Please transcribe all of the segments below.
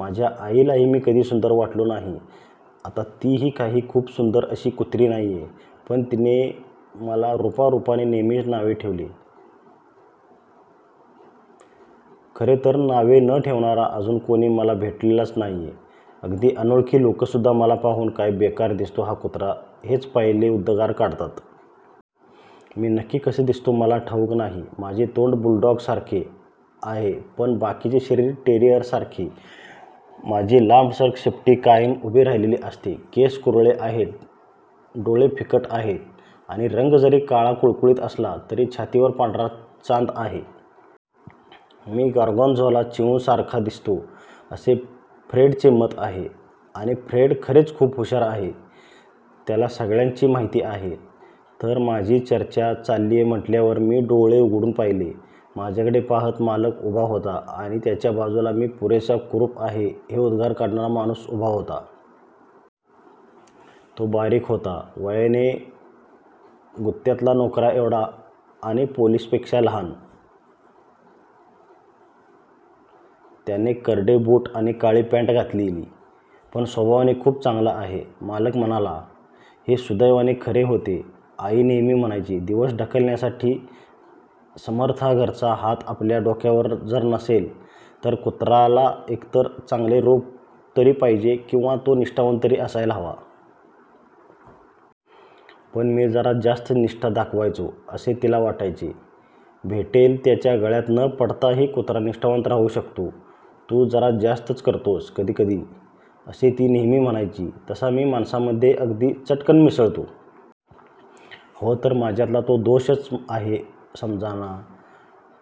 माझ्या आईलाही मी कधी सुंदर वाटलो नाही. आता तीही काही खूप सुंदर अशी कुत्री नाहीय, पण तिने मला रूपावरून नेहमीच नावे ठेवली. खरेतर नावे न ठेवणारा अजून कोणी मला भेटलेलाच नाहीय. अगदी अनोळखी लोकसुद्धा मला पाहून, काय बेक्कार दिसतो हा कुत्रा, हेच पहिले उद्गार काढतात. मी नक्की कसा दिसतो मला ठाऊक नाही. माझे तोंड बुलडॉगसारखे आहे पण बाकीचे शरीर टेरिअरसारखे. माझी लांबसडक शेपटी कायम उभी राहिलेली असते, केस कुरळे आहेत, डोळे पिंगट आहेत आणि रंग जरी काळा कुळकुळीत असला तरी छातीवर पांढरा चांद आहे. मी गॉर्गाँझोला चिजहाऊंडसारखा दिसतो असे फ्रेडचे मत आहे आणि फ्रेड खरेच खूप हुशार आहे. त्याला सगळ्याची माहिती आहे. तर माझी चर्चा चाललीय म्हटल्यावर मी डोळे उघडून पाहिले. माझ्याकडे पाहात मालक उभा होता आणि त्याच्या बाजूला, मी पुरेसा कुरूप आहे, हे उद्गार काढणारा माणूस उभा होता. तो बारीक होता, वयाने गुत्त्यातला नोकराएवढा आणि पोलिसापेक्षा लहान. त्याने करडे बूट आणि काळी पँट घातलेली. पण स्वभावाने खूप चांगला आहे, मालक म्हणाला. हे सुदैवाने खरे होते. आई नेहमी म्हणायची, दिवस ढकलण्यासाठी समर्थाघरचा हात आपल्या डोक्यावर जर नसेल, तर कुत्र्याला एकतर चांगले रूप तरी पाहिजे किंवा तो निष्ठावंत तरी असायला हवा. पण मी जरा जास्तच निष्ठा दाखवायचो असे तिला वाटायचे. भेटेल त्याच्या गळ्यात न पडताही कुत्रा निष्ठावंत राहू शकतो. तू जरा जास्तच करतोस कधीकधी, असे ती नेहमी म्हणायची. तसा मी माणसांमध्ये अगदी चटकन मिसळतो. हवं तर माझ्यातला तो दोषच आहे समजा ना.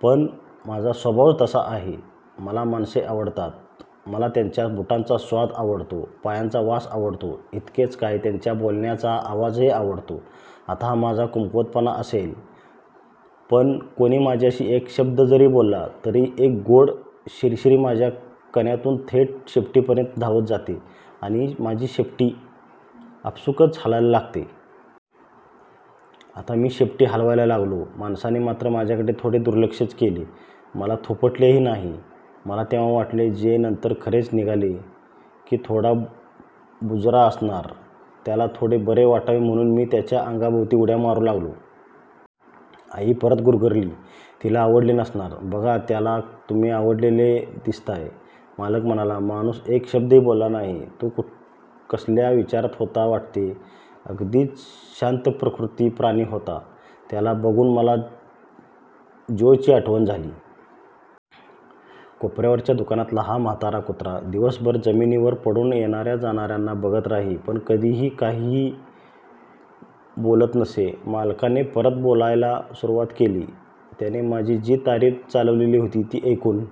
पण माझा स्वभावच तसा आहे. मला माणसे आवडतात. मला त्यांच्या बुटांचा स्वाद आवडतो, पायांचा वास आवडतो, इतकेच काय, त्यांचा बोलण्याचा आवाजही आवडतो. आता हा माझा कमकुवतपणा असेलही, पण कोणी माझ्याशी एक शब्द जरी बोलला तरी एक गोड शिरशिरी माझ्या कण्यातून थेट शेपटीपर्यंत धावत जाते आणि माझी शेपटी आपसूकच हलायला लागते. आताही मी शेपटी हलवायला लागलो. माणसाने मात्र माझ्याकडे थोडे दुर्लक्षच केले. मला थोपटलेही नाही. मला तेव्हा वाटले, जे नंतर खरेच निघाले, की तो थोडा बुजरा असणार. त्याला थोडे बरे वाटावे म्हणून मी त्याच्या अवतीभवती उड्या मारू लागलो. आई परत गुरगुरली. तिला आवडले नसणार. बघा, त्याला तुम्ही आवडलेले दिसताय. मालक म्हणाला. माणूस एक शब्दही बोलला नाही. तो कसल्यातरी विचारात होता वाटते. तो अगदीच शांतप्रकृती प्राणी होता. त्याला बघून मला ज्योची आठवण झाली. कोपऱ्यावरच्या दुकानातला हा म्हातारा कुत्रा दिवसभर जमिनीवर पडून येणाऱ्या जाणाऱ्यांना बघत राही, पण कधीही काहीही बोलत नसे. मालकाने परत बोलायला सुरुवात केली. त्याने माझी जी तारीफ चालवलेली ती ऐकून